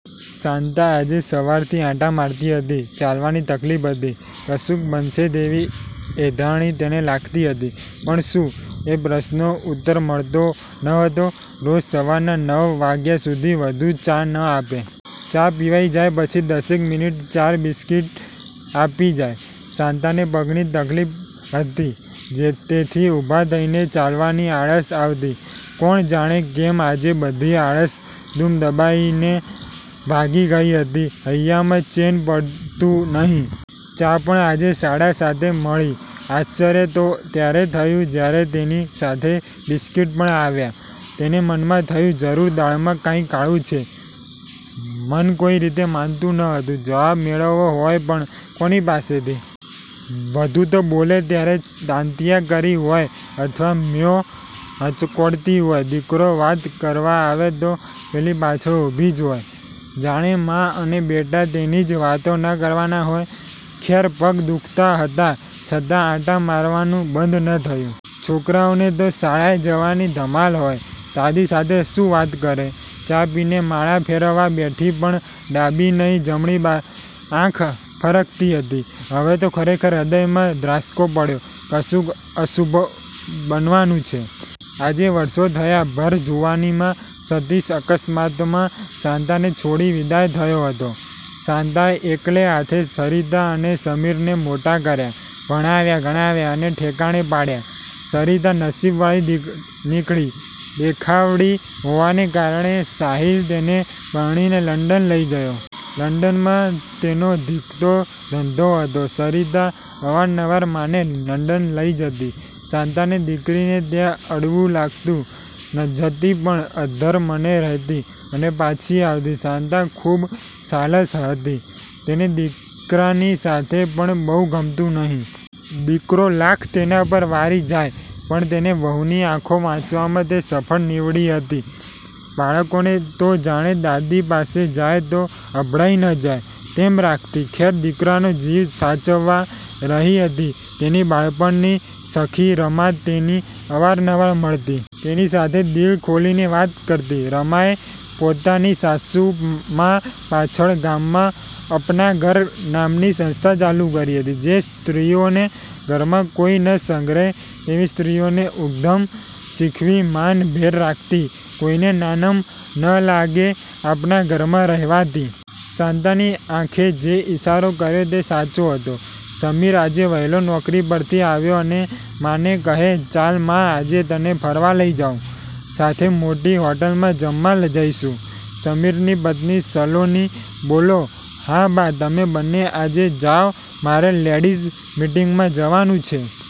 શાંતા આજે સવારથી આંટા મારતી હતી. ચાલવાની તકલીફ હતી. કશુંક બનશે તેવી એંધાણી તેને લાગતી હતી, પણ શું? એ પ્રશ્નનો ઉત્તર મળતો ન હતો. રોજ સવારના નવ વાગ્યા સુધી વહુ ચા ન આપે. ચા પિવાઈ જાય પછી દસેક મિનિટે ચાર બિસ્કિટ આપી જાય. શાંતાને પગની તકલીફ હતી, તેથી ઊભા થઈને ચાલવાની આળસ આવતી. કોણ જાણે કેમ આજે બધી આળસ દુમ દબાવીને ભાગી ગઈ હતી. હૈયામાં ચેન પડતું નહીં. ચા પણ આજે સાડા સાતે મળી. આશ્ચર્ય તો ત્યારે થયું જ્યારે તેની સાથ બિસ્કિટ પણ આવ્યા. તેને મનમાં થયું જરૂર દાળમાં કાંઈ કાળું છે. મન કોઈ રીતે માનતું ન હતું. જવાબ મેળવવો હોય પણ કોની પાસેથી? વધુ તો બોલે ત્યારે દાંતિયા કરી હોય, અથવા મ્હયો મચકોડતી હોય. દીકરો વાત કરવા આવે તો પેલી પાછળ ઊભી જ હોય. જાણે મા અને બેટા તેની જ વાતો ન કરવાના હોય! ખેર પગ દુખતા હતાં છતા આંટા મારવાનું બંધ ન થયું. છોકરાઓને તો શાળાએ જવાની ધમાલ હોય. દાદી સાથે શું વાત કરે? ચા પીને માળા ફેરવવા બેઠી પણ ડાબી નહીં જમણી આંખ ફરકતી હતી. હવે, તો ખરેખર હ્રદયમાં ધ્રાસકો પડ્યો! કશુંક અશુભ અશુભ બનવાનું છે. આજે વર્ષો થયા ભર જુવાનીમાં સતીશ, અકસ્માતમાં શાંતાને છોડી વિદાય થયો હતો. શાંતાએ એકલે હાથે સરિતા અને સમીરને મોટા કર્યા. ભણાવ્યા, ગણાવ્યા અને ઠેકાણે પાડ્યા. સરિતા નસીબવાળી નીકળી. દેખાવડી હોવાને કારણે સાહિલ તેને પરણીને લંડન લઈ ગયો. લડંનમાં તેનો ધીકતો ધંધો હતો. સરિતા અવારનવાર માને લંડન લઈ જતી. શાંતાને દીકરીને ત્યાં અડવું લાગતું. જતી પણ અદ્ધર મને રહેતી અને પાછી આવતી. શાંતા ખૂબ સાલસ હતી. તેને દીકરાની સાથે પણ બહુ ગમતું નહી. દીકરો લાખ તેના પર વારી જાય પણ તેની વહુની આંખો વાંચવામાં તે સફળ નિવડી હતી. બાળકોને તો જાણે, દાદી પાસે જાય તો અભડાઈ ન જાય તેમ રાખતી. ખેર, દીકરાનો જીવ સાચવવા રહી હતી. તેની બાળપણની સખી રમા તેને અવારનવાર મળતી. તેની સાથે દિલ ખોલીને વાત કરતી. રમાએ પોતાની સાસુમા પાછળ ગામમાં 'અપના ઘર' નામની સંસ્થા ચાલુ કરી હતી. જે સ્ત્રીઓને ઘરમાં કોઈ ન સંઘરે તેવી સ્ત્રીઓને ઉદ્યમ શીખવી, માન ભેર રાખતી. કોઈને નાનમ ન લાગે અપના ઘરમાં રહેવાથી. શાંતાની આંખે જે ઈશારો કર્યો તે સાચો હતો. સમીર આજે વહેલો નોકરી પરથી આવ્યો, અને માને કહે, "ચાલ મા આજે તને ફરવા લઈ જાઉં. સાથે મોટી હોટલમાં જમવા જઈશું." સમીરની પત્ની સલોની બોલો, "હા, બા તમે બન્ને આજે જાવ મારે લેડીઝ મિટિંગમાં જવાનું છે."